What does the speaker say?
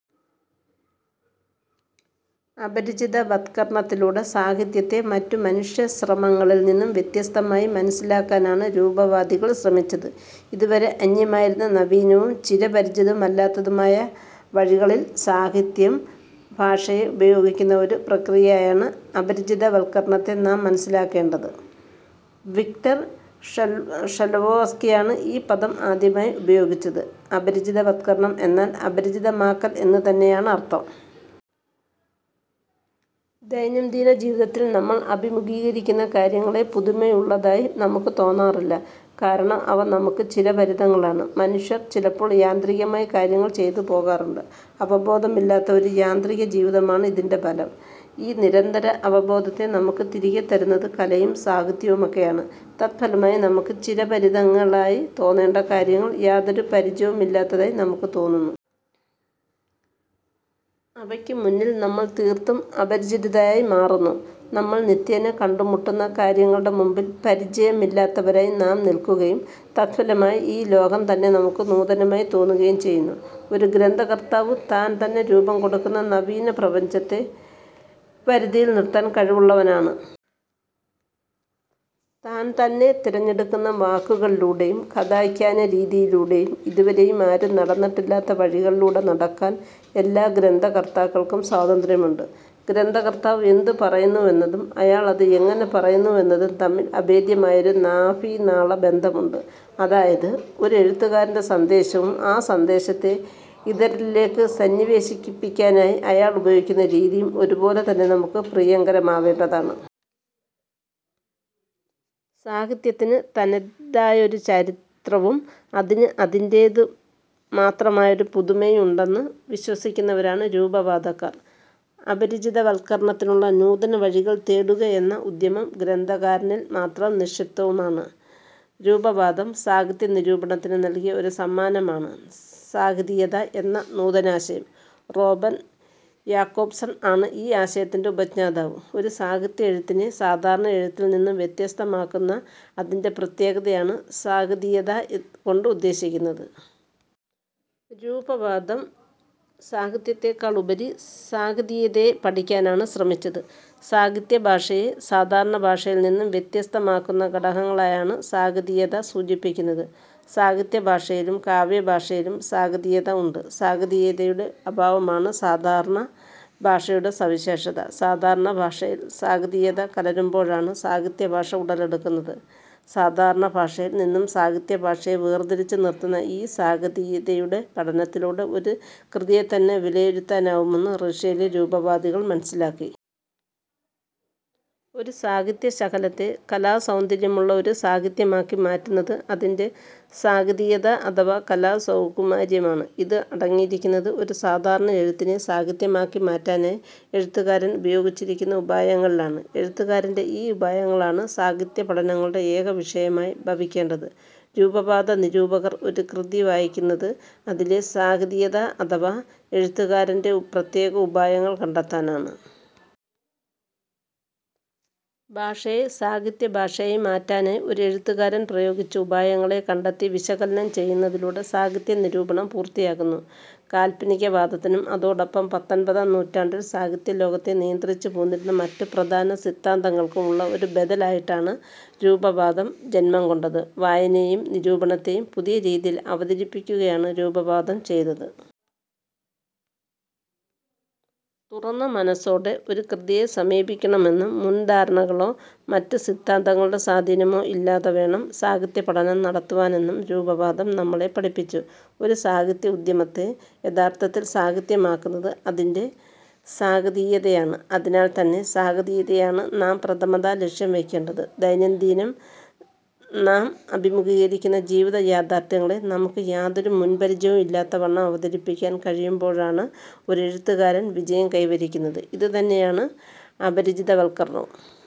അപരിചിതവത്കരണത്തിലൂടെ സാഹിത്യത്തെ മറ്റു മനുഷ്യ ശ്രമങ്ങളിൽ നിന്നും വ്യത്യസ്തമായി മനസ്സിലാക്കാനാണ് രൂപവാദികൾ ശ്രമിച്ചത്. ഇതുവരെ അന്യമായിരുന്ന നവീനവും ചിരപരിചിതമല്ലാത്തതുമായ വഴികളിൽ സാഹിത്യം ഭാഷയെ ഉപയോഗിക്കുന്ന ഒരു പ്രക്രിയയായാണ് അപരിചിതവത്കരണത്തെ നാം മനസ്സിലാക്കേണ്ടത്. വിക്ടർ ഷ്ലോവ്സ്കിയാണ് ഈ പദം ആദ്യമായി ഉപയോഗിച്ചത്. അപരിചിതവത്കരണം എന്നാൽ അപരിചിതമാക്കൽ എന്ന് തന്നെയാണ് അർത്ഥം. ദൈനംദിന ജീവിതത്തിൽ നമ്മൾ അഭിമുഖീകരിക്കുന്ന കാര്യങ്ങളെ പുതുമയുള്ളതായി നമുക്ക് തോന്നാറില്ല. കാരണം അവ നമുക്ക് ചിരപരിതങ്ങളാണ്. മനുഷ്യർ ചിലപ്പോൾ യാന്ത്രികമായി കാര്യങ്ങൾ ചെയ്തുപോകാറുണ്ട്. അവബോധമില്ലാത്ത ഒരു യാന്ത്രിക ജീവിതമാണ് ഇതിൻ്റെ ഫലം. ഈ നിരന്തര അവബോധത്തെ നമുക്ക് തിരികെത്തരുന്നത് കലയും സാഹിത്യവുമൊക്കെയാണ്. തത്ഫലമായി നമുക്ക് ചിരപരിതങ്ങളായി തോന്നേണ്ട കാര്യങ്ങൾ യാതൊരു പരിചയവുമില്ലാത്തതായി നമുക്ക് തോന്നുന്നു. അവയ്ക്ക് മുമ്പിൽ നമ്മൾ തീർത്തും അപരിചിതരായി മാറുന്നു. നമ്മൾ നിത്യേന കണ്ടുമുട്ടുന്ന കാര്യങ്ങളുടെ മുമ്പിൽ പരിചയമില്ലാത്തവരായി നാം നില്ക്കുകയും, തത്ഫലമായി ഈ ലോകം തന്നെ നമുക്ക് നൂതനമായി തോന്നുകയും ചെയ്യുന്നു. ഒരു ഗ്രന്ഥകർത്താവ് താൻ തന്നെ രൂപം കൊടുക്കുന്ന നവീന പ്രപഞ്ചത്തെ വരുതിയിൽ നിർത്താൻ കഴിവുള്ളവനാണ്. താൻ തന്നെ തിരഞ്ഞെടുക്കുന്ന വാക്കുകളിലൂടെയും കഥാഖ്യാനരീതിയിലൂടെയും ഇതുവരെയും ആരും നടന്നിട്ടില്ലാത്ത വഴികളിലൂടെ നടക്കാൻ എല്ലാ ഗ്രന്ഥകർത്താക്കൾക്കും സ്വാതന്ത്ര്യമുണ്ട്. ഗ്രന്ഥകർത്താവ് എന്ത് പറയുന്നുവെന്നതും അയാൾ അത് എങ്ങനെ പറയുന്നുവെന്നതും തമ്മിൽ അഭേദ്യമായൊരു നാഭീനാള ബന്ധമുണ്ട്. അതായത്, ഒരു എഴുത്തുകാരൻ്റെ സന്ദേശവും ആ സന്ദേശത്തെ ഇതരരിലേക്ക് സന്നിവേശിപ്പിക്കാനായി അയാൾ ഉപയോഗിക്കുന്ന രീതിയും ഒരുപോലെ തന്നെ നമുക്ക് പ്രിയങ്കരമാവേണ്ടതാണ്. സാഹിത്യത്തിന് തനതായൊരു ചരിത്രവും അതിന് അതിന്റേതു മാത്രമായൊരു പുതുമയുമുണ്ടെന്ന് വിശ്വസിക്കുന്നവരാണ് രൂപവാദക്കാർ. അപരിചിതവത്കരണത്തിനുള്ള നൂതന വഴികൾ തേടുകയെന്ന ഉദ്യമം ഗ്രന്ഥകാരനിൽ മാത്രം നിക്ഷിപ്തവുമാണ്. രൂപവാദം സാഹിത്യ നിരൂപണത്തിന് നൽകിയ ഒരു സമ്മാനമാണ് സാഹിതീയത എന്ന നൂതനാശയം. റോമൻ യാക്കോബ്സൺ ആണ് ഈ ആശയത്തിൻ്റെ ഉപജ്ഞാതാവ്. ഒരു സാഹിത്യ എഴുത്തിനെ സാധാരണ എഴുത്തിൽ നിന്നും വ്യത്യസ്തമാക്കുന്ന അതിൻ്റെ പ്രത്യേകതയെയാണ് സാഹിതീയത കൊണ്ട് ഉദ്ദേശിക്കുന്നത്. രൂപവാദം സാഹിത്യത്തെക്കാളുപരി സാഹിതീയതയെ പഠിക്കാനാണ് ശ്രമിച്ചത്. സാഹിത്യ ഭാഷയെ സാധാരണ ഭാഷയിൽ നിന്നും വ്യത്യസ്തമാക്കുന്ന ഘടകങ്ങളെയാണ് സാഹിതീയത സൂചിപ്പിക്കുന്നത്. സാഹിത്യ ഭാഷയിലും കാവ്യഭാഷയിലും സാഹിതീയത ഉണ്ട്. സാഹിതീയതയുടെ അഭാവമാണ് സാധാരണ ഭാഷയുടെ സവിശേഷത. സാധാരണ ഭാഷയിൽ സാഹിതീയത കലരുമ്പോഴാണ് സാഹിത്യഭാഷ ഉടലെടുക്കുന്നത്. സാധാരണ ഭാഷയിൽ നിന്നും സാഹിത്യഭാഷയെ വേർതിരിച്ചു നിർത്തുന്ന ഈ സാഹിതീയതയുടെ പഠനത്തിലൂടെ ഒരു കൃതിയെത്തന്നെ വിലയിരുത്താനാവുമെന്ന് റഷ്യയിലെ രൂപവാദികൾ മനസ്സിലാക്കി. ഒരു സാഹിത്യ ശകലത്തെ കലാസൗന്ദര്യമുള്ള ഒരു സാഹിത്യമാക്കി മാറ്റുന്നത് അതിൻ്റെ സാഹിതീയത അഥവാ കലാസൗകുമാര്യമാണ്. ഇത് അടങ്ങിയിരിക്കുന്നത് ഒരു സാധാരണ എഴുത്തിനെ സാഹിത്യമാക്കി മാറ്റാനായി എഴുത്തുകാരൻ ഉപയോഗിച്ചിരിക്കുന്ന ഉപായങ്ങളിലാണ്. എഴുത്തുകാരൻ്റെ ഈ ഉപായങ്ങളാണ് സാഹിത്യ പഠനങ്ങളുടെ ഏക വിഷയമായി ഭവിക്കേണ്ടത്. രൂപവാദ നിരൂപകർ ഒരു കൃതി വായിക്കുന്നത് അതിലെ സാഹിതീയത അഥവാ എഴുത്തുകാരൻ്റെ പ്രത്യേക ഉപായങ്ങൾ കണ്ടെത്താനാണ്. ഭാഷയെ സാഹിത്യ ഭാഷയായി മാറ്റാനായി ഒരു എഴുത്തുകാരൻ പ്രയോഗിച്ച ഉപായങ്ങളെ കണ്ടെത്തി വിശകലനം ചെയ്യുന്നതിലൂടെ സാഹിത്യ നിരൂപണം പൂർത്തിയാകുന്നു. കാൽപ്പനികവാദത്തിനും അതോടൊപ്പം പത്തൊൻപതാം നൂറ്റാണ്ടിൽ സാഹിത്യ ലോകത്തെ നിയന്ത്രിച്ചു പോന്നിരുന്ന മറ്റു പ്രധാന സിദ്ധാന്തങ്ങൾക്കും ഉള്ള ഒരു ബദൽ ആയിട്ടാണ് രൂപവാദം ജന്മം കൊണ്ടത്. വായനയെയും നിരൂപണത്തെയും പുതിയ രീതിയിൽ അവതരിപ്പിക്കുകയാണ് രൂപവാദം ചെയ്തത്. തുറന്ന മനസ്സോടെ ഒരു കൃതിയെ സമീപിക്കണമെന്നും മുൻധാരണകളോ മറ്റു സിദ്ധാന്തങ്ങളുടെ സ്വാധീനമോ ഇല്ലാതെ വേണം സാഹിത്യ പഠനം നടത്തുവാനെന്നും രൂപവാദം നമ്മളെ പഠിപ്പിച്ചു. ഒരു സാഹിത്യ ഉദ്യമത്തെ യഥാർത്ഥത്തിൽ സാഹിത്യമാക്കുന്നത് അതിൻ്റെ സാഹിതീയതയാണ്. അതിനാൽത്തന്നെ സാഹിതീയതയെയാണ് നാം പ്രഥമത ലക്ഷ്യം വെയ്ക്കേണ്ടത്. ദൈനംദിനം നാം അഭിമുഖീകരിക്കുന്ന ജീവിത യാഥാർത്ഥ്യങ്ങളെ നമുക്ക് യാതൊരു മുൻപരിചയവും ഇല്ലാത്ത വണ്ണം അവതരിപ്പിക്കാൻ കഴിയുമ്പോഴാണ് ഒരു എഴുത്തുകാരൻ വിജയം കൈവരിക്കുന്നത്. ഇത് തന്നെയാണ് അപരിചിതവത്കരണവും.